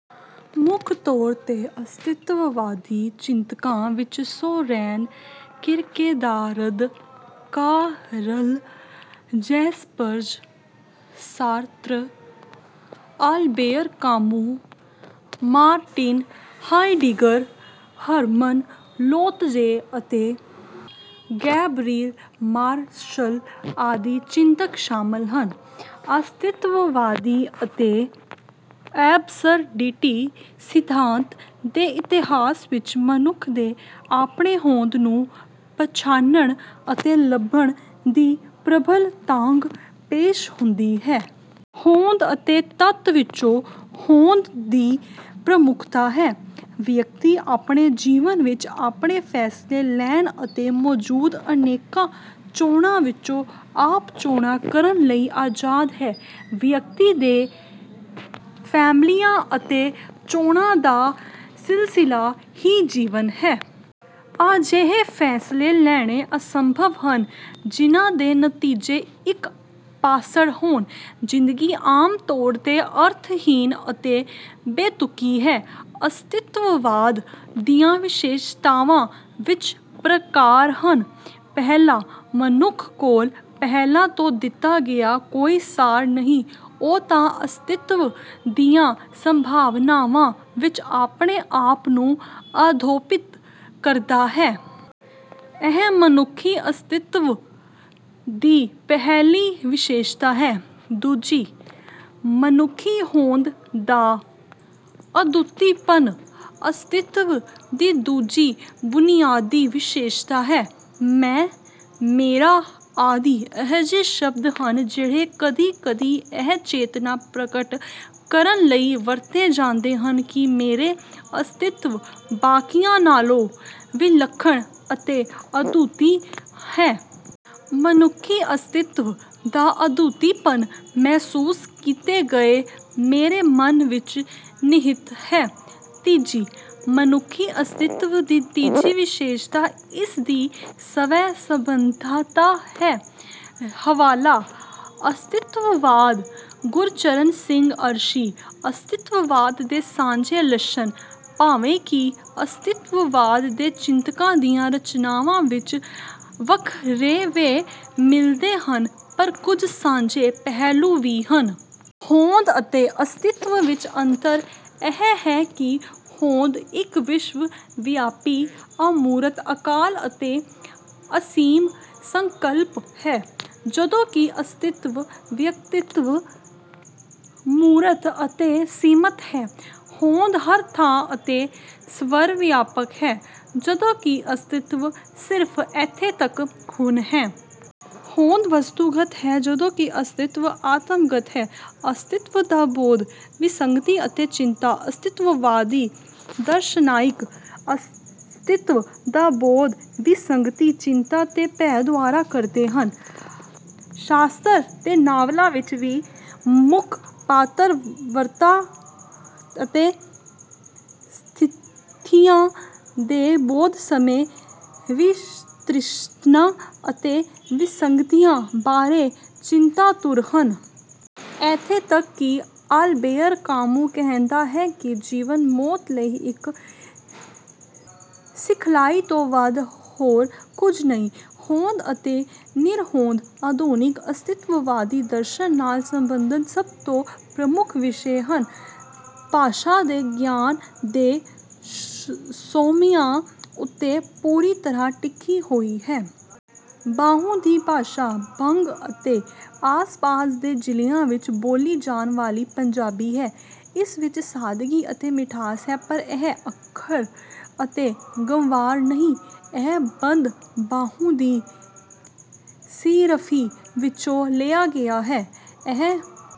ਮੁੱਖ ਤੌਰ 'ਤੇ ਅਸਤਿਤਵਵਾਦੀ ਚਿੰਤਕਾਂ ਵਿੱਚ Soren Kierkegaard, Karl Jaspers, Sartre, Albert Camus, Martin Heidegger, Hermann Lotze ਅਤੇ ਗੈਬਰੀਲ ਮਾਰਸ਼ਲ ਆਦਿ ਚਿੰਤਕ ਸ਼ਾਮਲ ਹਨ। ਅਸਤਿਤਵਵਾਦੀ ਅਤੇ ਐਬਸਰਡਿਟੀ ਸਿਧਾਂਤ ਦੇ ਇਤਿਹਾਸ ਵਿੱਚ ਮਨੁੱਖ ਦੇ ਆਪਣੀ ਹੋਂਦ ਨੂੰ ਪਛਾਣਨ ਅਤੇ ਲੱਭਣ ਦੀ ਪ੍ਰਬਲ ਤਾਂਘ ਪੇਸ਼ ਹੁੰਦੀ ਹੈ। ਹੋਂਦ ਅਤੇ ਤੱਤ ਵਿੱਚੋਂ ਹੋਂਦ ਦੀ ਪ੍ਰਮੁੱਖਤਾ ਹੈ। ਵਿਅਕਤੀ ਆਪਣੇ ਜੀਵਨ ਵਿੱਚ ਆਪਣੇ ਫ਼ੈਸਲੇ ਲੈਣ ਅਤੇ ਮੌਜੂਦ ਅਨੇਕਾਂ ਚੋਣਾਂ ਵਿੱਚੋਂ ਆਪ ਚੋਣਾਂ ਕਰਨ ਲਈ ਆਜ਼ਾਦ ਹੈ। ਵਿਅਕਤੀ ਦੇ ਫ਼ੈਸਲਿਆਂ ਅਤੇ ਚੋਣਾਂ ਦਾ ਸਿਲਸਿਲਾ ਹੀ ਜੀਵਨ ਹੈ। ਅਜਿਹੇ ਫ਼ੈਸਲੇ ਲੈਣੇ ਅਸੰਭਵ ਹਨ ਜਿਨ੍ਹਾਂ ਦੇ ਨਤੀਜੇ ਇੱਕ-ਪਾਸੜ ਹੋਣ। ਜ਼ਿੰਦਗੀ ਆਮ ਤੌਰ 'ਤੇ ਅਰਥਹੀਣ ਅਤੇ ਬੇਤੁਕੀ ਹੈ। ਅਸਤਿਤਵਾਦ ਦੀਆਂ ਵਿਸ਼ੇਸ਼ਤਾਵਾਂ ਇਸ ਪ੍ਰਕਾਰ ਹਨ। ਪਹਿਲੀ, ਮਨੁੱਖ ਕੋਲ ਪਹਿਲਾਂ ਤੋਂ ਦਿੱਤਾ ਗਿਆ ਕੋਈ ਸਾਰ ਨਹੀਂ, ਉਹ ਤਾਂ ਅਸਤਿਤਵ ਦੀਆਂ ਸੰਭਾਵਨਾਵਾਂ ਵਿੱਚ ਆਪਣੇ ਆਪ ਨੂੰ ਆਰੋਪਿਤ ਕਰਦਾ ਹੈ। ਇਹ ਮਨੁੱਖੀ ਅਸਤਿਤਵ ਦੀ ਪਹਿਲੀ ਵਿਸ਼ੇਸ਼ਤਾ ਹੈ। ਦੂਜੀ, ਮਨੁੱਖੀ ਹੋਂਦ ਦਾ ਅਦੁੱਤੀਪਨ ਅਸਤਿਤਵ ਦੀ ਦੂਜੀ ਬੁਨਿਆਦੀ ਵਿਸ਼ੇਸ਼ਤਾ ਹੈ। ਮੈਂ, ਮੇਰਾ ਆਦਿ ਅਜਿਹੇ ਸ਼ਬਦ ਹਨ ਜਿਹੜੇ ਕਦੇ-ਕਦੇ ਇਹ ਚੇਤਨਤਾ ਪ੍ਰਗਟ ਕਰਨ ਲਈ ਵਰਤੇ ਜਾਂਦੇ ਹਨ ਕਿ ਮੇਰਾ ਅਸਤਿਤਵ ਬਾਕੀਆਂ ਨਾਲੋਂ ਵਿਲੱਖਣ ਅਤੇ ਅਦੁੱਤੀ ਹੈ। ਮਨੁੱਖੀ ਅਸਤਿਤਵ ਦਾ ਅਦੁੱਤੀਪਨ ਮਹਿਸੂਸ ਕੀਤੇ ਗਏ ਮੇਰੇ ਮਨ ਵਿੱਚ ਨਿਹਿਤ ਹੈ। ਤੀਜੀ, ਮਨੁੱਖੀ ਅਸਤਿਤਵ ਦੀ ਤੀਜੀ ਵਿਸ਼ੇਸ਼ਤਾ ਇਸ ਦੀ ਸਵੈ-ਸਬੰਧਤਾ ਹੈ। ਹਵਾਲਾ: ਅਸਤਿਤਵਾਦ, ਗੁਰਚਰਨ ਸਿੰਘ ਅਰਸ਼ੀ, ਅਸਤਿਤਵਾਦ ਦੇ ਸਾਂਝੇ ਲੱਛਣ। ਭਾਵੇਂ ਕਿ ਅਸਤਿਤਵਵਾਦ ਦੇ ਚਿੰਤਕਾਂ ਦੀਆਂ ਰਚਨਾਵਾਂ ਵਿੱਚ ਵੱਖਰੇਵੇਂ ਮਿਲਦੇ ਹਨ, ਪਰ ਕੁਝ ਸਾਂਝੇ ਪਹਿਲੂ ਵੀ ਹਨ। ਹੋਂਦ ਅਤੇ ਅਸਤਿਤਵ ਵਿੱਚ ਅੰਤਰ ਇਹ ਹੈ ਕਿ ਹੋਂਦ ਇੱਕ ਵਿਸ਼ਵ ਵਿਆਪੀ, ਅਮੂਰਤ, ਅਕਾਲ ਅਤੇ ਅਸੀਮ ਸੰਕਲਪ ਹੈ, ਜਦੋਂਕਿ ਅਸਤਿਤਵ ਵਿਅਕਤਿਕ, ਮੂਰਤ ਅਤੇ ਸੀਮਤ ਹੈ। ਹੋਂਦ ਹਰ ਥਾਂ ਅਤੇ ਸਰਵ-ਵਿਆਪਕ ਹੈ ਜਦੋਂ ਕਿ ਅਸਤਿਤਵ ਸਿਰਫ਼ ਇੱਥੇ ਅਤੇ ਹੁਣ ਹੈ। ਹੋਂਦ ਵਸਤੂਗਤ ਹੈ ਜਦੋਂਕਿ ਅਸਤਿਤਵ ਆਤਮਗਤ ਹੈ। ਅਸਤਿਤਵ ਦਾ ਬੋਧ: ਵਿਸੰਗਤੀ ਅਤੇ ਚਿੰਤਾ। ਅਸਤਿਤਵਵਾਦੀ ਦਾਰਸ਼ਨਿਕ ਅਸਤਿਤਵ ਦਾ ਬੋਧ ਦੀ ਸੰਗਤੀ, ਚਿੰਤਾ ਅਤੇ ਭੈਅ ਦੁਆਰਾ ਕਰਦੇ ਹਨ। ਸ਼ਾਸਤਰ ਦੇ ਨਾਵਲਾਂ ਵਿੱਚ ਮੁੱਖ ਪਾਤਰ ਵਸਤਾਂ ਅਤੇ ਸਥਿਤੀਆਂ ਦੇ ਬੋਧ ਸਮੇਂ ਵਿਤ੍ਰਿਸ਼ਣਾ ਅਤੇ ਵਿਸੰਗਤੀਆਂ ਬਾਰੇ ਚਿੰਤਾਤੁਰ ਹਨ। ਇੱਥੋਂ ਤੱਕ ਕਿ ਆਲਬੇਅਰ ਕਾਮੂ ਕਹਿੰਦਾ ਹੈ ਕਿ ਜੀਵਨ ਮੌਤ ਲਈ ਇੱਕ ਸਿਖਲਾਈ ਤੋਂ ਵੱਧ ਹੋਰ ਕੁਝ ਨਹੀਂ। ਹੋਂਦ ਅਤੇ ਨਿਰਹੋਂਦ ਆਧੁਨਿਕ ਅਸਤਿਤਵਵਾਦੀ ਦਰਸ਼ਨ ਨਾਲ ਸਬੰਧਤ ਸਭ ਤੋਂ ਪ੍ਰਮੁੱਖ ਵਿਸ਼ੇ ਹਨ। ਭਾਸ਼ਾ ਦੇ ਗਿਆਨ ਦੇ ਸੋਮਿਆਂ ਉੱਤੇ ਪੂਰੀ ਤਰ੍ਹਾਂ ਟਿਕੀ ਹੋਈ ਹੈ। ਬਾਹੂ ਦੀ ਭਾਸ਼ਾ ਬੰਗ ਅਤੇ ਆਸ-ਪਾਸ ਦੇ ਜ਼ਿਲ੍ਹਿਆਂ ਵਿੱਚ ਬੋਲੀ ਜਾਣ ਵਾਲੀ ਪੰਜਾਬੀ ਹੈ। ਇਸ ਵਿੱਚ ਸਾਦਗੀ ਅਤੇ ਮਿਠਾਸ ਹੈ ਪਰ ਇਹ ਅੱਖੜ ਅਤੇ ਗੰਵਾਰ ਨਹੀਂ। ਇਹ ਬੰਦ ਬਾਹੂ ਦੀ ਸੀਹਰਫ਼ੀ ਵਿੱਚੋਂ ਲਿਆ ਗਿਆ ਹੈ। ਇਹ